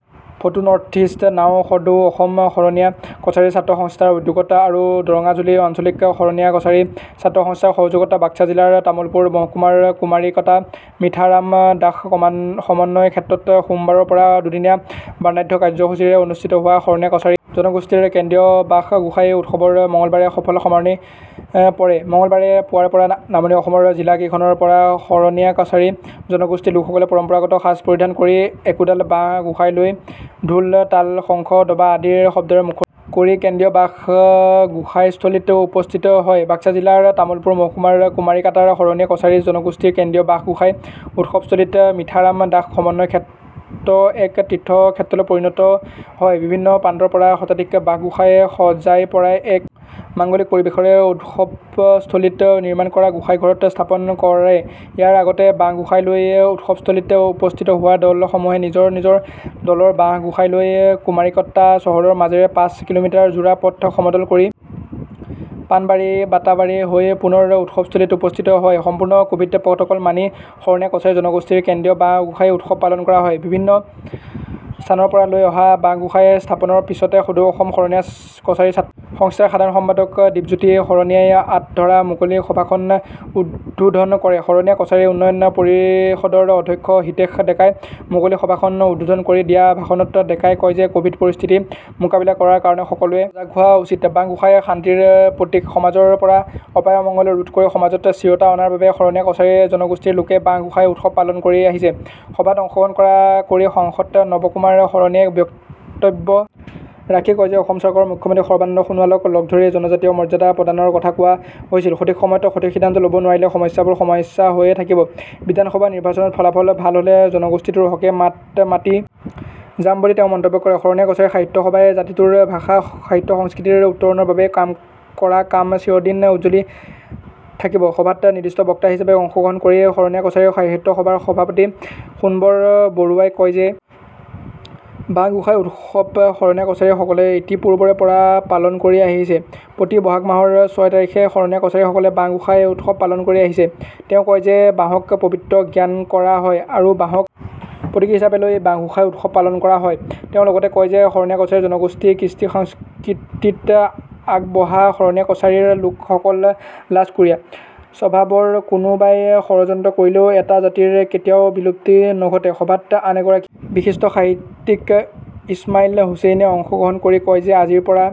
ফটোনৰ্থইষ্ট নাওসদৌ অসম শৰণীয়া কছাৰী ছাত্ৰ সন্থাৰ উদ্যোগত আৰু দৰঙাজুলি আঞ্চলিক শৰণীয়াকছাৰী ছাত্ৰ সন্থাৰ সহযোগত বাক্সা জিলাৰ তামুলপুৰ মহকুমাৰ কুমাৰীকাটা মিঠাৰাম দাস সমন্বয় ক্ষেত্ৰত সোমবাৰৰ পৰা দুদিনীয়া বৰ্ণাঢ্য কাৰ্যসূচীৰে অনুষ্ঠিত হোৱা শৰণীয়া কছাৰী জনগোষ্ঠীৰ কেন্দ্ৰীয় বাঁহ গোঁসাই উৎসৱৰ মঙলবাৰে সফল সামৰণি পৰেমঙলবাৰে পুৱাৰে পৰা নামনি অসমৰ জিলা কেইখনৰ পৰা শৰণীয়াকছাৰী জনগোষ্ঠীৰ লোকসকলে পৰম্পৰাগত সাজ পৰিধান কৰি একোডাল বাঁহ গোঁসাই লৈ ঢোল তালশংখ দবা আদিৰ শব্দৰে মুখ-- কৰি কেন্দ্ৰীয় বাঁহ গোসাইস্থলীত উপস্থিত হয়বাক্সা জিলাৰ তামুলপুৰ মহকুমাৰ কুমাৰীকাটাৰ শৰণীয়া কছাৰী জনগোষ্ঠীৰ কেন্দ্ৰীয় বাঁহ গোঁসাই উৎসৱস্থলী মিঠাৰাম দাস সমন্বয় ক্ষেত্ৰ এক তীৰ্থ ক্ষেত্ৰলৈ পৰিনত হয়বিভিন্ন প্ৰান্তৰ পৰা শতাধিক বাঁহ গোঁসাই সজাইপৰাই এক মাঙ্গলিক পৰিৱেশেৰে উৎসৱস্থলীত নিৰ্মাণ কৰা গোঁসাই ঘৰত স্থাপন কৰেইয়াৰ আগতে বাঁহ গোঁসাই লৈ উৎসৱস্থলীত উপস্থিত হোৱা দল সমূহে নিজৰ নিজৰ দলৰ বাঁহ গোঁসাই লৈ কুমাৰীকটা চহৰৰ মাজেৰে পাঁচ কিলোমিটাৰ জোৰা পথ সমদল কৰি পানবাৰীবাটাবাৰী হৈ পুনৰ উৎসৱস্থলীত উপস্থিত হয়সম্পূৰ্ন কোভিড প্ৰটকল মানি শৰণীয়া কছাৰী জনগোষ্ঠীৰ কেন্দ্ৰীয় বাঁহ গোঁসাই উৎসৱ পালন কৰা হয় বিভিন্ন স্থানৰ পৰা লৈ অহা বাঁহ গোঁসাই স্থাপনৰ পিচতে সদৌ অসম শৰণীয়া কছাৰী ছাত্ৰ সন্থাৰ সাধাৰণ সম্পাদক দীপজ্যোতি শৰণীয়াই আঁত ধৰা মুকলি সভাখন উদ্বোধন কৰে শৰণীয়া কছাৰী উন্নয়ন পৰিষদৰ অধ্যক্ষ হিতেশ ডেকাই মুকলি সভাখন উদ্বোধন কৰি দিয়া ভাষণত ডেকাই কয় যে কভিড পৰিস্থিতি মোকাবিলা কৰাৰ কাৰনে সকলোৱে সজাগ হোৱা উচিতবাঁহ গোঁসাই শান্তিৰ প্ৰতীকসমাজৰ পৰা অপায় অমঙ্গল ৰোধ কৰি সামজত স্থিৰতা অনাৰ বাবে শৰণীয়া কছাৰী জনগোষ্ঠীৰ লোকে বাঁহ গোঁসাই উৎসৱ পালন কৰি আহিছেসভাত অংশ গ্ৰহণ কৰি সাংসদ নৱ কুমাৰ শৰনীয়াই বক্তব্য ৰাখি কয় যে অসম চৰকাৰৰ মুখ্যমন্ত্ৰী সৰ্বানন্দ সোণোৱালক লগ কৰি জনজাতীয় মৰ্যাদা প্ৰদানৰ কথা কোৱা হৈছিলসঠিক সময়ত সঠিক সিদ্ধান্ত লব নোৱাৰিলে সমস্যাবোৰ সমস্যা হৈয়ে থাকিব বিধানসভা নিৰ্বাচনত ফলাফল ভাল হলে জনগোষ্ঠীটোৰ হকে মাত মাতি যাম বুলিও তেওঁ মন্তব্য কৰে শৰণীয়াকছাৰী সাহিত্য সভাই জাতিটোৰ ভাষা সাহিত্যসংস্কৃতিৰ উত্তৰণৰ বাবে কৰা কাম চিৰদিন উজলি থাকিবসভাত নিৰ্দিষ্ট বক্তা হিচাপে অংশ গ্ৰহণ কৰি শৰনীয়া কছাৰী সাহিত্য সভাৰ সভাপতি সোনবৰ বৰুৱাই কয় যে বাঁহ গোঁসাই উৎসৱ শৰণীয়া কছাৰী সকলে ইতিপুৰ্বৰে পৰা পালন কৰি আহিছেপ্ৰতি বহাগ মাহৰ ছয় তাৰিখে শৰণীয়া কছাৰী সকলে বাঁহ গোঁসাই উৎসৱ পালন কৰি আহিছেতেওঁ কয় যে বাঁহক পৱিত্ৰ জ্ঞান কৰা হয় আৰু বাঁহক প্ৰতীকী হিচাপে লৈ এই বাঁহ গোঁসাই উৎসৱ পালন কৰা হয়তেওঁ লগতে কয় যে শৰণীয়া কছাৰী জনগোষ্ঠী কৃষ্টি সংস্কৃতিত আগবঢ়াশৰণীয়া কছাৰীৰ লোক সকল লাজকুৰীয়া স্বভাৱৰকোনোবাই ষড়যন্ত্ৰ কৰিলেও এটা জাতিৰ কেতিয়াও বিলুপ্তি নঘটেসভাত আন এগৰাকী বিশিষ্ট সাহিত্যিক ইছমাইল হুছেইনে অংশ গ্ৰহণ কৰি কয় যে আজিৰ পৰা